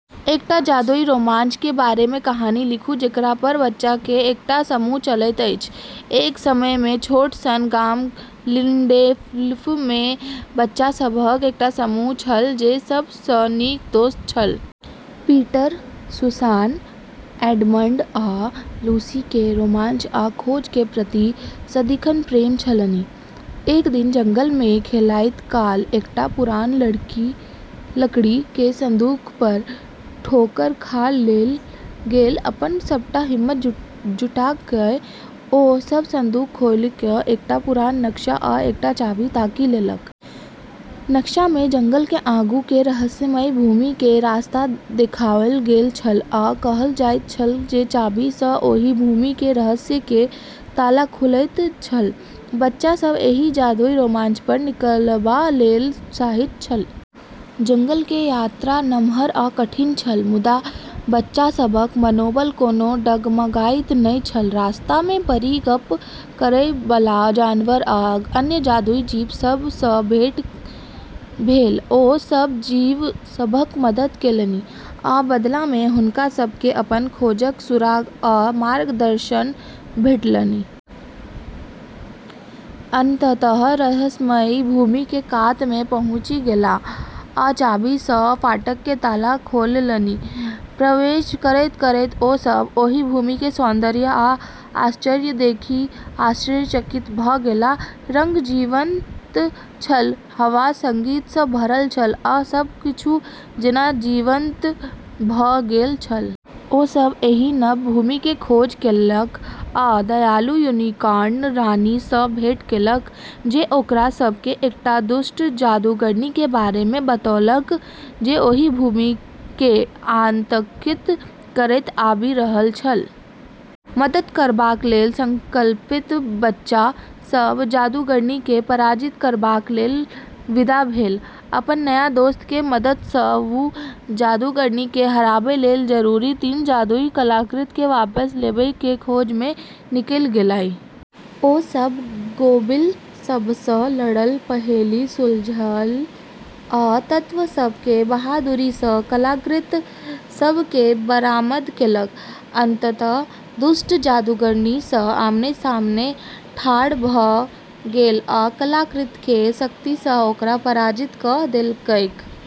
एकटा जादुई रोमांच के बारे में कहानी लिखू जेकरा पर बच्चा के एकटा समूह चलैत अछि। एक समय मे छोट सन गाम लिंडेल्फ मे बच्चा सबहक एकटा समूह छल जे सब सं नीक दोस्त छल। पीटर, सुसान, एडमंड आ लूसी के रोमांच आ खोज के प्रति सदिखन प्रेम छलनि। एक दिन जंगल मे खेलाइत काल एकटा पुरान लकड़ी के संदूक पर ठोकर खा गेल। अपन सबटा हिम्मत जुटा कए ओ सब संदूक खोलि कए एकटा पुरान नक्शा आ एकटा चाभी ताकि लेलक। नक्शा मे जंगल के आगू के रहस्यमयी भूमि के रास्ता देखाओल गेल छल, आ कहल जाइत छल जे चाभी सँ ओहि भूमि के रहस्य के ताला खुलैत छल। बच्चा सब एहि जादुई रोमांच पर निकलबा लेल उत्साहित छल। जंगल के यात्रा नम्हर आ कठिन छल, मुदा बच्चा सभक मनोबल कोनो डगमगाइत नहि छल। रस्ता मे परी, गप्प करय बला जानवर, आ अन्य जादुई जीव सब सँ भेंट भेल। ओ सभ जीव सभक मदद केलनि, आ बदला मे हुनका सभ केँ अपन खोजक सुराग आ मार्गदर्शन भेटलनि। अन्ततः रहस्यमयी भूमि के कात मे पहुँचि गेलाह आ चाभी सँ फाटक के ताला खोललनि। प्रवेश करैत-करैत ओ सभ ओहि भूमि के सौन्दर्य आ आश्चर्य देखि आश्चर्यचकित भ' गेलाह। रंग जीवंत छल, हवा संगीत सँ भरल छल, आ सब किछु जेना जीवंत भऽ गेल छल। ओ सभ एहि नव भूमि के खोज केलक आ दयालु यूनिकॉर्न रानी सँ भेंट केलक, जे ओकरा सभ केँ एकटा दुष्ट जादूगरनी के बारे मे बतौलक जे ओहि भूमि केँ आतंकित करैत आबि रहल छल। मदद करबाक लेल संकल्पित बच्चा सभ जादूगरनी केँ पराजित करबाक लेल विदा भेल। अपन नया दोस्त के मदद सँ वू जादूगरनी केँ हराबै लेल जरूरी तीन जादुई कलाकृति केँ वापस लेबै के खोज मे निकली गेलै। ओ सभ गोबिल सबसँ लड़ल, पहेली सुलझल आ तत्व सब के बहादुरी सँ कलाकृति सब केँ बरामद केलक। अंततः दुष्ट जादूगरनी सँ आमने-सामने ठाढ़ भ' गेल आ कलाकृति के शक्ति सँ ओकरा पराजित क' देलकैक।